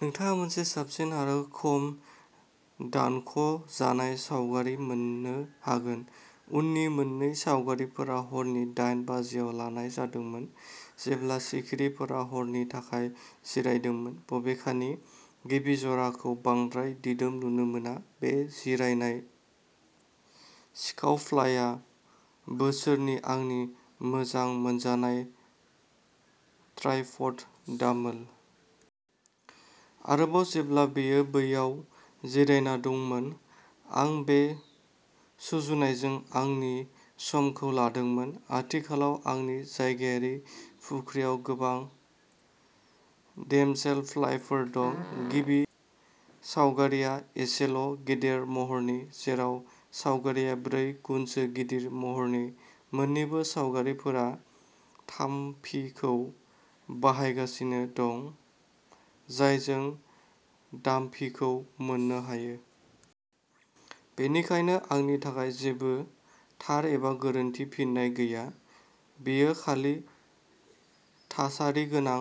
नोंथाङा मोनसे साबसिन आरो खम दानख' जानाय सावगारि मोननो हागोन। उननि मोन्नै सावगारिफोरा हरनि दाइन बाजिआव लानाय जादोंमोन जेब्ला सिखिरिफोरा हरनि थाखाय जिरायदोंमोन। बबेखानि गिबि जराखौ बांद्राय दिदोम नुनो मोना। बे जिरायनाय सिखावफ्लाइआ बोसोरनि आंनि मोजां मोनजानाय ट्राइपड दामोल। आरोबाव जेब्ला बेयो बैयाव जिरायना दंमोन, आं बे सुजुनायजों आंनि समखौ लादोंमोन। आथिखालाव आंनि जायगायारि फुख्रियाव गोबां डेमसेलफ्लाइफोर दं, गिबि सावगारिआ एसेल' गेदेर महरनि, जेराव सावगारिआ ब्रै गुनसो गिदिर महरनि। मोन्नैबो सावगारिफोरा थामफिखौ बाहायगासिनो दं, जायजों दामफिखौ मोननो हायो। बेनिखायनो आंनि थाखाय जेबो थार एबा गोरोन्थि फिननाय गैया, बेयो खालि थासारिगोनां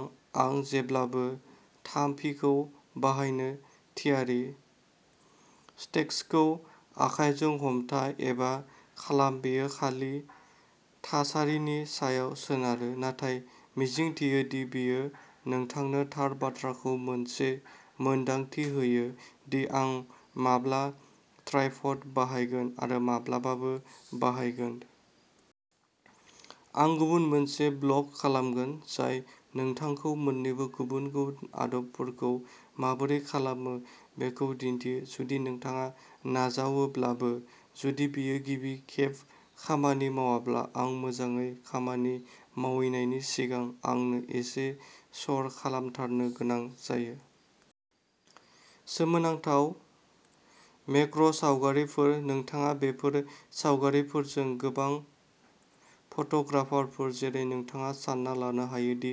आं जेब्लाबो थामफिखौ बाहायनो थियारि। स्टेक्सखौ आखायजों हमथा एबा खालाम बेयो खालि थासारिनि सायाव सोनारो। नाथाय मिजिंथियो दि बेयो नोंथांनो थार बाथ्राखौ मोनसे मोनदांथि होयो दि आं माब्ला ट्राइपड बाहायगोन आरो माब्लाबाबो बाहायगोन। आं गुबुन मोनसे ब्लग खालामगोन जाय नोंथांखौ मोन्नैबो गुबुन-गुबुन आदबफोरखौ माबोरै खालामो बेखौ दिन्थियो। जुदि नोंथाङा नाजावोब्लाबो, जुदि बेयो गिबि खेब खामानि मावाब्ला, आं मोजाङै खामानि मावहैनायनि सिगां आंनो एसे सर'खालामथारनो गोनां जायो। सोमोनांथाव मेक्र'सावगारिफोर, नोंथाङा बेफोर सावगारिफोरजों गोबां फट'ग्राफारफोर, जेरै नोंथाङा सानना लानो हायो दि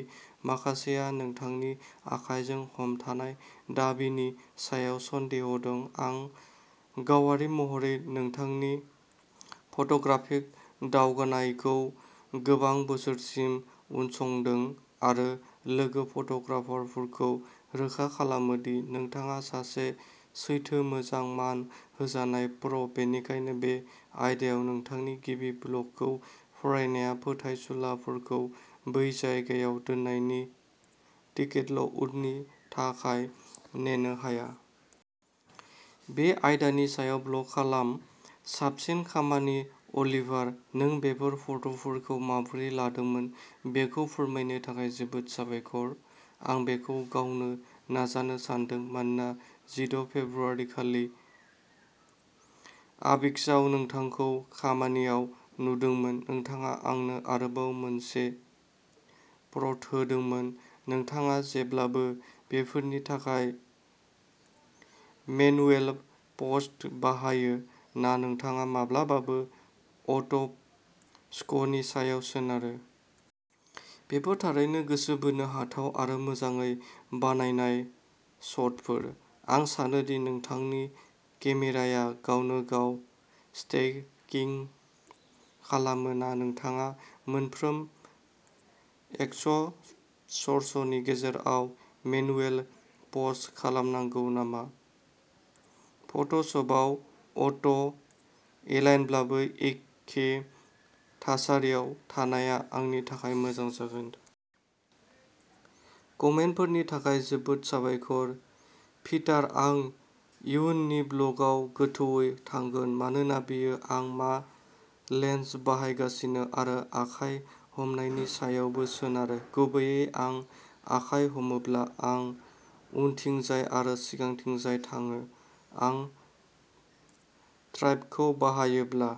माखासेहा नोंथांनि आखाइजों हमथानाय दाबिनि सायाव सन्देह दं, आं गावारि महरै नोंथांनि फट'ग्राफिक दावगानायखौ गोबां बोसोरसिम उनसंदों आरो लोगो फट'ग्राफारफोरखौ रोखा खालामो दि नोंथाङा सासे सैथो मोजां मान होजानाय प्र, बेनिखायनो बे आयदायाव नोंथांनि गिबि ब्लगखौ फरायनाया फोथायसुलाफोरखौ बै जायगायाव दोननायनि टिकेटल', उननि थाखाय नेनो हाया। बे आयदानि सायाव ब्लग खालाम, साबसिन खामानि अलिभार। नों बेफोर फट'फोरखौ माबोरै लादोंमोन बेखौ फोरमायनो थाखाय जोबोद साबायखर। आं बेखौ गावनो नाजानो सानदों, मानोना जिद' फेब्रुआरिखालि आबिस्क'आव नोंथांखौ खामानियाव नुदोंमोन। नोंथाङा आंनो आरोबाव मोनसे प्र'ड होदों, नोंथाङा जेब्लाबो बेफोरनि थाखाय मेनुएल फ'क्स बाहायो ना नोंथाङा माब्लाबाबो अट'फ'क्सनि सायाव सोनारो। बेफोर थारैनो गोसो बोनो हाथाव आरो मोजाङै बानायनाय शटफोर। आं सानो दि नोंथांनि केमेराया गावनो गाव स्टेकिंग खालामो ना नोंथाङा मोनफ्रोम एक्सप'सर्सनि गेजेराव मेनुएल फ'क्स खालामनांगौ नामा? फट'शपआव अट'एलाइनब्लाबो, एखे थासारियाव थानाया आंनि थाखाय मोजां जागोन। कमेन्टफोरनि थाखाय जोबोद साबायखर! पिटार, आं इयुननि ब्लगआव गोथौवै थांगोन मानोना बेयो आं मा लेन्स बाहायगासिनो आरो आखाय हमनायनि सायावबो सोनारो। गुबैयै, आं आखाय हमोब्ला आं उनथिंजाय आरो सिगांथिंजाय थाङो। आं ट्राइपडखौ बाहायोब्ला।